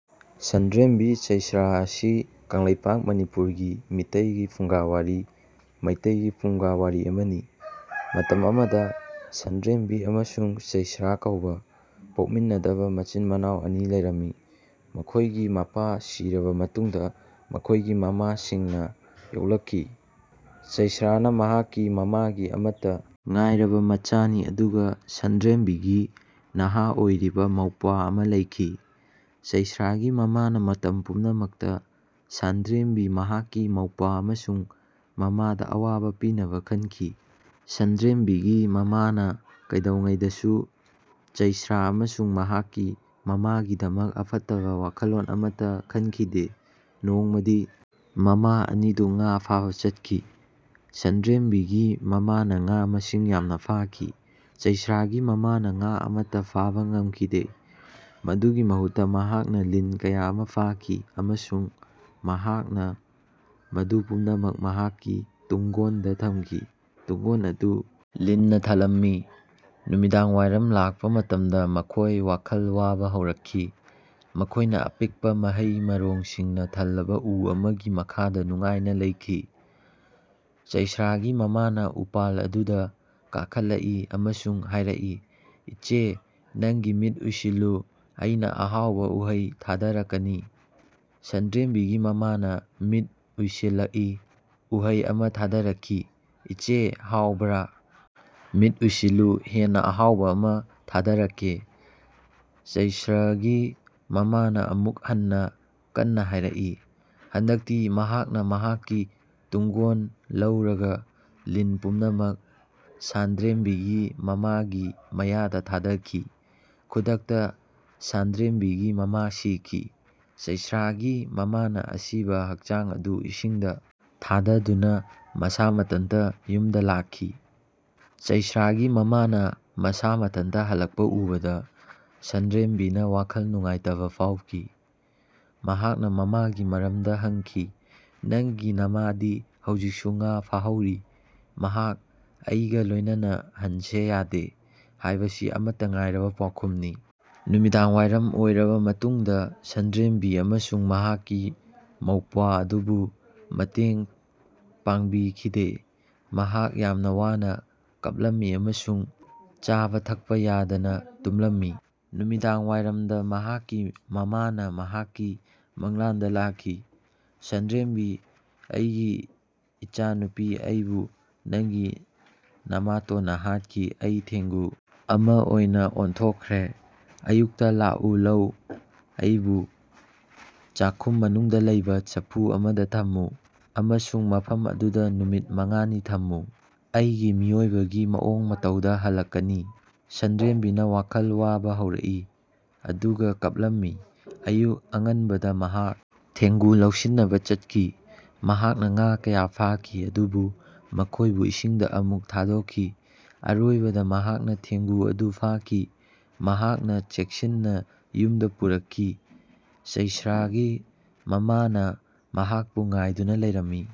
ꯁꯟꯗ꯭ꯔꯦꯝꯕꯤ ꯆꯩꯁ꯭ꯔꯥ ꯑꯁꯤ ꯀꯪꯂꯩꯄꯥꯛ (ꯃꯅꯤꯄꯨꯔ) ꯒꯤ ꯃꯤꯇꯩꯒꯤ ꯐꯨꯡꯒꯥꯋꯥꯔꯤ (ꯃꯩꯇꯩꯒꯤ ꯐꯨꯡꯒꯥꯋꯥꯔꯤ) ꯑꯃꯅꯤ꯫ ꯃꯇꯝ ꯑꯃꯗꯥ ꯁꯟꯗ꯭ꯔꯦꯝꯕꯤ ꯑꯃꯁꯨꯡ ꯆꯩꯁꯔꯥ ꯀꯧꯕꯥ ꯄꯣꯛꯃꯤꯟꯅꯗꯕ ꯃꯆꯤꯜ ꯃꯅꯥꯎ ꯑꯅꯤ ꯂꯩꯔꯝꯃꯤ꯫ ꯃꯈꯣꯏꯒꯤ ꯃꯄꯥ ꯁꯤꯔꯕ ꯃꯇꯨꯡꯗ ꯃꯈꯣꯏꯒꯤ ꯃꯃꯥꯁꯤꯡꯅ ꯌꯣꯛꯂꯛꯈꯤ꯫ ꯆꯩꯁ꯭ꯔꯥꯅ ꯃꯍꯥꯛꯀꯤ ꯃꯃꯥꯒꯤ ꯑꯃꯠꯇ ꯉꯥꯏꯔꯕ ꯃꯆꯥꯅꯤ ꯑꯗꯨꯒ ꯁꯟꯗ꯭ꯔꯦꯝꯕꯤꯒꯤ ꯅꯍꯥ ꯑꯣꯏꯔꯤꯕ ꯃꯧꯄ꯭ꯋꯥ ꯑꯃꯥ ꯂꯩꯈꯤ꯫ ꯆꯩꯁ꯭ꯔꯥꯒꯤ ꯃꯃꯥꯅ ꯃꯇꯝ ꯄꯨꯝꯅꯃꯛꯇ ꯁꯥꯟꯗ꯭ꯔꯦꯝꯕꯤ, ꯃꯍꯥꯛꯀꯤ ꯃꯧꯄ꯭ꯋꯥ ꯑꯃꯁꯨꯡ ꯃꯃꯥꯗ ꯑꯋꯥꯕ ꯄꯤꯅꯕ ꯈꯟꯈꯤ꯫ ꯁꯟꯗ꯭ꯔꯦꯝꯕꯤꯒꯤ ꯃꯃꯥꯅ ꯀꯩꯗꯧꯉꯩꯗꯁꯨ ꯆꯩꯁ꯭ꯔꯥ ꯑꯃꯁꯨꯡ ꯃꯍꯥꯛꯀꯤ ꯃꯃꯥꯒꯤꯗꯃꯛ ꯑꯐꯠꯇꯕ ꯋꯥꯈꯜꯂꯣꯟ ꯑꯃꯠꯇ ꯈꯟꯈꯤꯗꯦ꯫ ꯅꯣꯡꯃꯗꯤ ꯃꯃꯥ ꯑꯅꯤꯗꯨ ꯉꯥ ꯐꯥꯕꯥ ꯆꯠꯈꯤ꯫ ꯁꯟꯗ꯭ꯔꯦꯝꯕꯤꯒꯤ ꯃꯃꯥꯅ ꯉꯥ ꯃꯁꯤꯡ ꯌꯥꯝꯅ ꯐꯥꯈꯤ꯫ ꯆꯩꯁ꯭ꯔꯥꯒꯤ ꯃꯃꯥꯅ ꯉꯥ ꯑꯃꯠꯇꯥ ꯐꯥꯕ ꯉꯝꯈꯤꯗꯦ꯫ ꯃꯗꯨꯒꯤ ꯃꯍꯨꯠꯇ ꯃꯍꯥꯛꯅ ꯂꯤꯟ ꯀꯌꯥ ꯑꯃ ꯐꯥꯈꯤ ꯑꯃꯁꯨꯡ ꯃꯍꯥꯛꯅ ꯃꯗꯨ ꯄꯨꯝꯅꯃꯛ ꯃꯍꯥꯛꯀꯤ ꯇꯨꯡꯒꯣꯟꯗ ꯊꯝꯈꯤ꯫ ꯇꯨꯡꯒꯣꯟ ꯑꯗꯨ ꯂꯤꯟꯅ ꯊꯜꯂꯝꯃꯤ꯫ ꯅꯨꯃꯤꯗꯥꯡꯋꯥꯏꯔꯝ ꯂꯥꯛꯄ ꯃꯇꯝꯗ ꯃꯈꯣꯏ ꯋꯥꯈꯜ ꯋꯥꯕ ꯍꯧꯔꯛꯈꯤ꯫ ꯃꯈꯣꯏꯅ ꯑꯄꯤꯛꯄꯥ ꯃꯍꯩ ꯃꯔꯣꯡꯁꯤꯡꯅ ꯊꯜꯂꯕ ꯎ ꯑꯃꯒꯤ ꯃꯈꯥꯗ ꯅꯨꯡꯉꯥꯏꯅ ꯂꯩꯈꯤ꯫ ꯆꯩꯁ꯭ꯔꯥꯒꯤ ꯃꯃꯥꯅ ꯎꯄꯥꯜ ꯑꯗꯨꯗ ꯀꯥꯈꯠꯂꯛꯏ ꯑꯃꯁꯨꯡ ꯍꯥꯏꯔꯛꯏ, "ꯏꯆꯦ, ꯅꯪꯒꯤ ꯃꯤꯠ ꯎꯏꯁꯤꯜꯂꯨ, ꯑꯩꯅꯥ ꯑꯍꯥꯎꯕ ꯎꯍꯩ ꯊꯥꯗꯔꯛꯀꯅꯤ꯫ ꯁꯟꯗ꯭ꯔꯦꯝꯕꯤꯒꯤ ꯃꯃꯥꯅ ꯃꯤꯠ ꯎꯏꯁꯤꯜꯂꯛꯏ꯫ ꯎꯍꯩ ꯑꯃ ꯊꯥꯗꯔꯛꯈꯤ꯫ "ꯏꯆꯦ, ꯍꯥꯎꯕ꯭ꯔꯥ? ꯃꯤꯠ ꯎꯏꯁꯤꯜꯂꯨ ꯍꯦꯟꯅ ꯑꯍꯥꯎꯕ ꯑꯃ ꯊꯥꯗꯔꯛꯀꯦ" ꯆꯩꯁꯔꯒꯤ ꯃꯃꯥꯅ ꯑꯃꯨꯛ ꯍꯟꯅ ꯀꯟꯅ ꯍꯥꯏꯔꯛꯏ꯫ ꯍꯟꯗꯛꯇꯤ ꯃꯍꯥꯛꯅ ꯃꯍꯥꯛꯀꯤ ꯇꯨꯡꯒꯣꯟ ꯂꯧꯔꯒ ꯂꯤꯟ ꯄꯨꯝꯅꯃꯛ ꯁꯥꯟꯗ꯭ꯔꯦꯝꯕꯤꯒꯤ ꯃꯃꯥꯒꯤ ꯃꯌꯥꯗ ꯊꯥꯗꯈꯤ꯫ ꯈꯨꯗꯛꯇ ꯁꯥꯟꯗ꯭ꯔꯦꯝꯕꯤꯒꯤ ꯃꯃꯥ ꯁꯤꯈꯤ꯫ ꯆꯩꯁ꯭ꯔꯥꯒꯤ ꯃꯃꯥꯅ ꯑꯁꯤꯕ ꯍꯛꯆꯥꯡ ꯑꯗꯨ ꯏꯁꯤꯡꯗ ꯊꯥꯗꯗꯨꯅ ꯃꯁꯥ ꯃꯊꯟꯇ ꯌꯨꯝꯗ ꯂꯥꯛꯈꯤ꯫ ꯆꯩꯁ꯭ꯔꯥꯒꯤ ꯃꯃꯥꯅ ꯃꯁꯥ ꯃꯊꯟꯇ ꯍꯜꯂꯛꯄ ꯎꯕꯗ ꯁꯟꯗ꯭ꯔꯦꯝꯕꯤꯅ ꯋꯥꯈꯜ ꯅꯨꯡꯉꯥꯏꯇꯕ ꯐꯥꯎꯈꯤ꯫ ꯃꯍꯥꯛꯅ ꯃꯃꯥꯒꯤ ꯃꯔꯝꯗ ꯍꯪꯈꯤ꯫ "ꯅꯪꯒꯤ ꯅꯃꯥꯗꯤ ꯍꯧꯖꯤꯛꯁꯨ ꯉꯥ ꯐꯥꯍꯧꯔꯤ꯫ ꯃꯍꯥꯛ ꯑꯩꯒꯥ ꯂꯣꯏꯅꯅ ꯍꯟꯁꯦ ꯌꯥꯗꯦ" ꯍꯥꯏꯕꯁꯤ ꯑꯃꯠꯇ ꯉꯥꯏꯔꯕ ꯄꯥꯎꯈꯨꯝꯅꯤ꯫ ꯅꯨꯃꯤꯗꯥꯡꯋꯥꯏꯔꯝ ꯑꯣꯏꯔꯕ ꯃꯇꯨꯡꯗ ꯁꯟꯗ꯭ꯔꯦꯝꯕꯤ ꯑꯃꯁꯨꯡ ꯃꯍꯥꯛꯀꯤ ꯃꯧꯄ꯭ꯋꯥ ꯑꯗꯨꯕꯨ ꯃꯇꯦꯡ ꯄꯥꯥꯡꯕꯤꯈꯤꯗꯦ꯫ ꯃꯍꯥꯛ ꯌꯥꯝꯅ ꯋꯥꯅ ꯀꯞꯂꯝꯃꯤ ꯑꯃꯁꯨꯡ ꯆꯥꯕ ꯊꯛꯄ ꯌꯥꯗꯅ ꯇꯨꯝꯂꯝꯃꯤ꯫ ꯅꯨꯃꯤꯗꯥꯡꯋꯥꯏꯔꯝꯗ ꯃꯍꯥꯛꯀꯤ ꯃꯃꯥꯅ ꯃꯍꯥꯛꯀꯤ ꯃꯪꯂꯥꯟꯗꯥ ꯂꯥꯛꯈꯤ꯫"ꯁꯟꯗ꯭ꯔꯦꯝꯕꯤ, ꯑꯩꯒꯤ ꯏꯆꯥꯅꯨꯄꯤ, ꯑꯩꯕꯨ ꯅꯪꯒꯤ ꯅꯃꯥꯇꯣꯟꯅ ꯍꯥꯠꯈꯤ꯫ ꯑꯩ ꯊꯦꯡꯒꯨ ꯑꯃ ꯑꯣꯏꯅ ꯑꯣꯟꯊꯣꯛꯈ꯭ꯔꯦ꯫ ꯑꯌꯨꯛꯇꯥ ꯂꯥꯛꯎ ꯂꯧ꯫ ꯑꯩꯕꯨ ꯆꯥꯛꯈꯨꯝ ꯃꯅꯨꯡꯗ ꯂꯩꯕꯥ ꯆꯐꯨ ꯑꯃꯗ ꯊꯝꯃꯨ꯫ ꯑꯃꯁꯨꯡ ꯃꯐꯝ ꯑꯗꯨꯗ ꯅꯨꯃꯤꯠ ꯃꯉꯥꯅꯤ ꯊꯝꯃꯨ꯫ ꯑꯩꯒꯤ ꯃꯤꯑꯣꯏꯕꯒꯤ ꯃꯑꯣꯡ ꯃꯇꯧꯗꯥ ꯍꯜꯂꯛꯀꯅꯤ꯫" ꯁꯟꯗ꯭ꯔꯦꯝꯕꯤꯅ ꯋꯥꯈꯜ ꯋꯥꯕ ꯍꯧꯔꯛꯏ ꯑꯗꯨꯒ ꯀꯞꯂꯝꯃꯤ꯫ ꯑꯌꯨꯛ ꯑꯉꯟꯕꯗ ꯃꯍꯥꯛ ꯊꯦꯡꯒꯨ ꯂꯧꯁꯤꯟꯅꯕ ꯆꯠꯈꯤ꯫ ꯃꯍꯥꯛꯅ ꯉꯥ ꯀꯌꯥ ꯐꯥꯈꯤ ꯑꯗꯨꯕꯨ ꯃꯈꯣꯏꯕꯨ ꯏꯁꯤꯡꯗ ꯑꯃꯨꯛ ꯊꯥꯗꯣꯛꯈꯤ꯫ ꯑꯔꯣꯏꯕꯗ ꯃꯍꯥꯛꯅ ꯊꯦꯡꯒꯨ ꯑꯗꯨ ꯐꯥꯈꯤ꯫ ꯃꯍꯥꯛꯅꯥ ꯆꯦꯛꯁꯤꯟꯅ ꯌꯨꯝꯗ ꯄꯨꯔꯛꯈꯤ꯫ ꯆꯩꯁ꯭ꯔꯥꯒꯤ ꯃꯃꯥꯅꯥ ꯃꯍꯥꯛꯄꯨ ꯉꯥꯏꯗꯨꯅ ꯂꯩꯔꯝꯃꯤ꯫